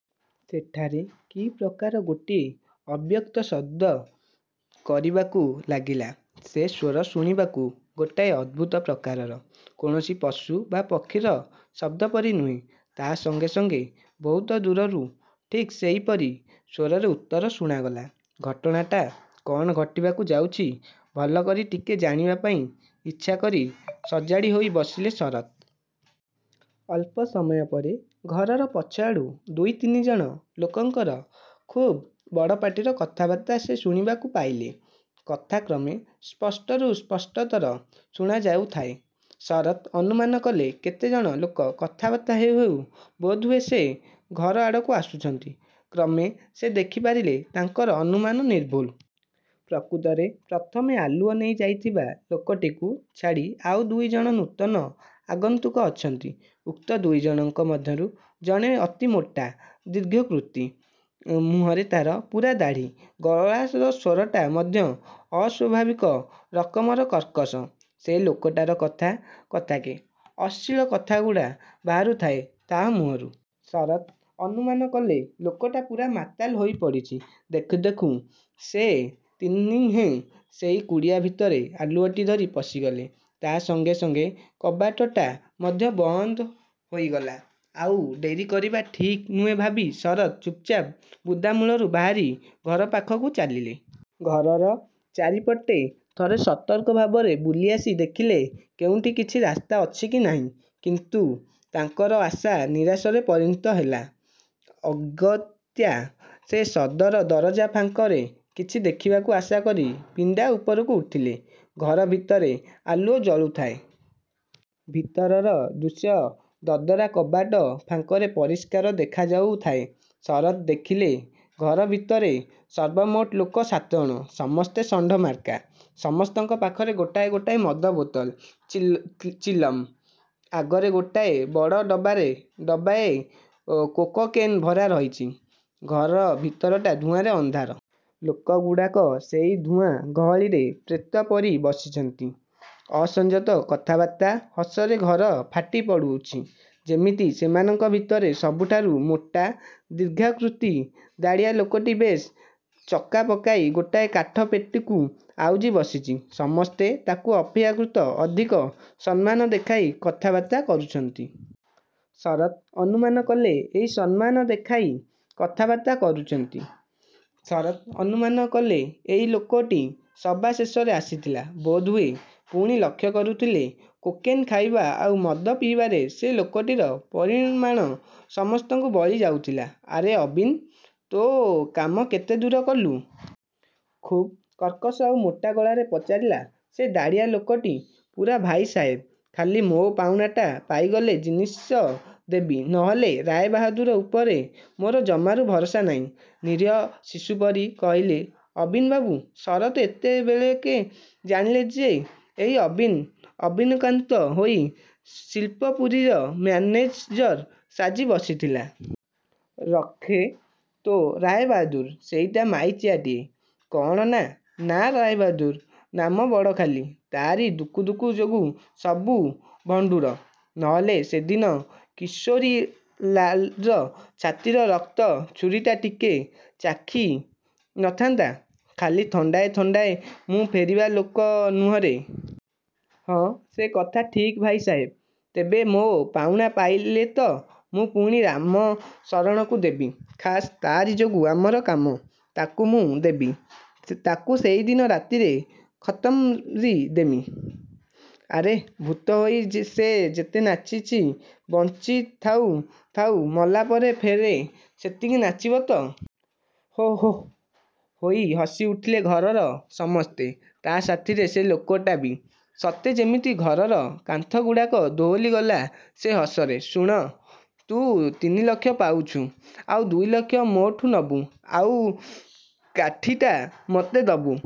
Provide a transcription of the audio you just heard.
ସେଠାରେ କି ପ୍ରକାର ଗୋଟିଏ ଅବ୍ୟକ୍ତ ଶବ୍ଦ କରିବାକୁ ଲାଗିଲା। ସେ ସ୍ୱର ଶୁଣିବାକୁ ଗୋଟାଏ ଅଦ୍ଭୁତ ପ୍ରକାରର; କୌଣସି ପଶୁ ବା ପକ୍ଷୀର ଶବ୍ଦପରି ନୁହେଁ। ତା' ସଙ୍ଗେ ସଙ୍ଗେ ବହୁତ ଦୂରରୁ ଠିକ୍ ସେଇପରି ସ୍ୱରରେ ଉତ୍ତର ଶୁଣାଗଲା। ଘଟଣାଟା କ'ଣ ଘଟିବାକୁ ଯାଉଛି, ଭଲକରି ଟିକେ ଜାଣିବାପାଇଁ ଆଚ୍ଛାକରି ସଜାଡ଼ି ହୋଇ ବସିଲେ ଶରତ୍। ଅଳ୍ପ ସମୟ ପରେ ଘରର ପଛଆଡ଼ୁ ଦୁଇତିନି ଜଣ ଲୋକଙ୍କର ଖୁବ୍ ବଡ଼ପାଟିର କଥାବାର୍ତ୍ତା ସେ ଶୁଣିବାକୁ ପାଇଲେ। କଥା କ୍ରମେ ସ୍ପଷ୍ଟରୁ ସ୍ପଷ୍ଟତର ଶୁଣାଯାଉଥାଏ। ଶରତ୍ ଅନୁମାନ କଲେ, କେତେଜଣ ଲୋକ କଥାବାର୍ତ୍ତା ହେଉ ହେଉ ବୋଧହୁଏ ସେ। ଘର ଆଡ଼କୁ ଆସୁଛନ୍ତି। କ୍ରମେ ସେ ଦେଖିପାରିଲେ-ତାଙ୍କର ଅନୁମାନ ନିର୍ଭୁଲ। ପ୍ରକୃତରେ ପ୍ରଥମେ ଆଲୁଅ ନେଇଯାଇଥିବା ଲୋକଟିକୁ ଛାଡ଼ି ଆଉ ଦୁଇଜଣ ନୂତନ ଆଗନ୍ତୁକ ଅଛନ୍ତି। ଉକ୍ତ ଦୁଇଜଣକ ମଧ୍ୟରୁ ଜଣେ ଅତି ମୋଟା, ଦୀର୍ଘକୃତି। ମୁହଁରେ ତା'ର ପୂରା ଦାଢ଼ି। ଗଳାର ସ୍ୱରଟା ମଧ୍ୟ ଅସ୍ୱାଭାବିକ ରକମର କର୍କଶ। ସେ ଲୋକଟାର କଥା କଥାକେ ଅଶ୍ଳୀଳ କଥାଗୁଡ଼ା ବାହାରୁ ଥାଏ ତା' ମୁହଁରୁ। ଶରତ୍ ଅନୁମାନ କଲେ-ଲୋକଟା ପୂରା ମାତାଲ ହୋଇ ପଡ଼ିଛି। ଦେଖୁ ଦେଖୁ ସେ ତିନିହେଁ ସେଇ କୁଡ଼ିଆ ଭିତରେ ଆଲୁଅଟି ଧରି ପଶିଗଲେ। ତା ସଙ୍ଗେ ସଙ୍ଗେ କବାଟଟା ମଧ୍ୟ ବନ୍ଦ ହୋଇଗଲା। ଆଉ ଡେରି କରିବା ଠିକ୍ ନୁହେଁ ଭାବି ଶରତ୍ ଚୁପ୍ ଚାପ୍ ବୁଦାମୂଳରୁ ବାହାରି ଘର ପାଖକୁ ଚାଲିଲେ। ଘରର ଚାରିପଟେ ଥରେ ସତର୍କ ଭାବରେ ବୁଲିଆସି ଦେଖିଲେ କେଉଁଠି କିଛି ରାସ୍ତା ଅଛି କି ନାହିଁ। କିନ୍ତୁ ତାଙ୍କର ଆଶା ନିରାଶାରେ ପରିଣତ ହେଲା। ଅଗତ୍ୟା ସେ ସଦର ଦରଜା ଫାଙ୍କରେ କିଛି ଦେଖିବାକୁ ଆଶାକରି ପିଣ୍ଡା ଉପରକୁ ଉଠିଲେ। ଘର ଭିତରେ ଆଲୁଅ ଜଳୁଥାଏ। ଭିତରର ଦୃଶ୍ୟ ଦଦରା କବାଟ ଫାଙ୍କରେ ପରିଷ୍କାର ଦେଖାଯାଉଥାଏ। ଶରତ୍ ଦେଖିଲେ-ଘର ଭିତରେ ସର୍ବମୋଟ ଲୋକ ସାତଜଣ। ସମସ୍ତେ ଷଣ୍ଢ ମାର୍କା। ସମସ୍ତଙ୍କ ପାଖରେ ଗୋଟାଏ ଗୋଟାଏ ମଦ ବୋତଲ, ଚିଲମ୍। ଆଗରେ ଗୋଟାଏ ବଡ଼ ଡବାରେ ଡବାଏ କୋକେନ୍ ଭରା ରହିଛି, ଘର ଭିତରଟା ଧୂଆଁରେ ଅନ୍ଧାର। ଲୋକଗୁଡ଼ାକ ସେଇ ଧୂଆଁ ଗହଳିରେ ପ୍ରେତ ପରି ବସିଛନ୍ତି। ଅସଂଯତ କଥାବାର୍ତ୍ତା, ହସରେ ଘର ଫାଟି ପଡ଼ୁଛି ଯେମିତି-। ସେମାନଙ୍କ ଭିତରେ ସବୁଠାରୁ ମୋଟା, ଦୀର୍ଘାକୃତି, ଦାଢ଼ିଆ ଲୋକଟି ବେଶ୍ ଚକାପକାଇ ଗୋଟାଏ କାଠ ପେଟିକୁ ଆଉଜି ବସିଛି। ସମସ୍ତେ ତାକୁ ଅପେକ୍ଷାକୃତ ଅଧିକ ସମ୍ମାନ ଦେଖାଇ କଥାବାର୍ତ୍ତା କରୁଛନ୍ତି। ଶରତ୍ ଅନୁମାନ କଲେ, ଏଇ ସମ୍ମାନ ଦେଖାଇ କଥାବାର୍ତ୍ତା କରୁଛନ୍ତି। ଶରତ୍ ଅନୁମାନ କଲେ, ଏଇ ଲୋକଟି ସବା ଶେଷରେ ଆସିଥିଲା ବୋଧହୁଏ; ପୁଣି ଲକ୍ଷ୍ୟ କରୁଥିଲେ-କୋକେନ୍ ଖାଇବା ଆଉ ମଦ ପିଇବାରେ ସେ ଲୋକଟିର ପରିମାଣ ସମସ୍ତଙ୍କୁ ବଳି ଯାଉଥିଲା। ''ଆରେ ଅବନୀ! ତୋ କାମ କେତେ ଦୂର କଲୁ? '' ଖୁବ୍ କର୍କଶ ଆଉ ମୋଟା ଗଳାରେ ପଚାରିଲା ସେ ଦାଢ଼ିଆ ଲୋକଟି। ''ପୂରା ଭାଇ ସାହେବ! ଖାଲି ମୋ ପାଉଣାଟା ପାଇଗଲେ ଜିନିଷ ଦେବି। ନହେଲେ ରାୟବାହାଦୁର ଉପରେ ମୋର ଜମାରୁ ଭରସା ନାହିଁ। '' ନିରୀହ ଶିଶୁପରି କହିଲେ ଅବନୀବାବୁ। ଶରତ୍ ଏତେ ବେଳକେ ଜାଣିଲେ ଯେ-ଏହି ଅବନୀ ଅବନୀକାନ୍ତ ହୋଇ ଶିଳ୍ପପୁରୀର ମ୍ୟାନେଜର ସାଜି ବସିଥିଲା। ''ରଖ୍ରେ ତୋ ରାୟବାହାଦୁର। ସେଇଟା ମାଈଚିଆଟାଏ। କ'ଣ ନା, ନାଁ ରାୟବାହାଦୁର; ନାମ ବଡ଼ା ଖାଲି; ତା'ରି ଦୁକୁ ଦୁକୁ ଯୋଗୁ ସବୁ ଭଣ୍ଡୁର। ନହେଲେ ସେଦିନ କିଶୋରୀଲାଲର ଛାତିର ରକ୍ତ ଛୁରୀଟା ଟିକେ ଚାଖି ନଥାନ୍ତା? ଖାଲି ଥଣ୍ଡାଏ ଥଣ୍ଡାଏ ମୁଁ ଫେରିବା ଲୋକ ନୁହେଁରେ। ହୁଁ '' ''ସେ କଥା ଠିକ୍ ଭାଇ ସାହେବ! ତେବେ ମୋ ପାଉଣା ପାଇଲେତ ମୁଁ ପୁଣି ରାମ ଶରଣକୁ ଦେବି। ଖାସ୍ ତା'ରି ଯୋଗୁ ଆମର କାମ। '' ''ତାକୁ ମୁଁ ଦେବି; ତାକୁ ସେଇଦିନ ରାତିରେ ଖତମ୍କରି ଦେବି। ଆରେ, ଭୁତ ହୋଇ ସେ ଯେତେ ନାଚିଛି ବଞ୍ଚି ଥାଉ ଥାଉ, ମଲା ପରେ ଫେରେ ସେତିକି ନାଚିବ ତ! '' ହୋ ହୋ' ହୋଇ ହସି ଉଠିଲେ ଘରର ସମସ୍ତେ; ତା' ସାଥିରେ ସେ ଲୋକଟା ବି। ସତେ ଯେମିତି ଘରର କାନ୍ଥ ଗୁଡ଼ାକ ଦୋହଲିଗଲା ସେ ହସରେ। ''ଶୁଣ୍! ତୁ ତିନିଲକ୍ଷ ପାଇଛୁ। ଆଉ ଦୁଇଲକ୍ଷ ମୋଠୁ ନେବୁ ଆଉ କାଠିଟା ମତେ ଦବୁ-।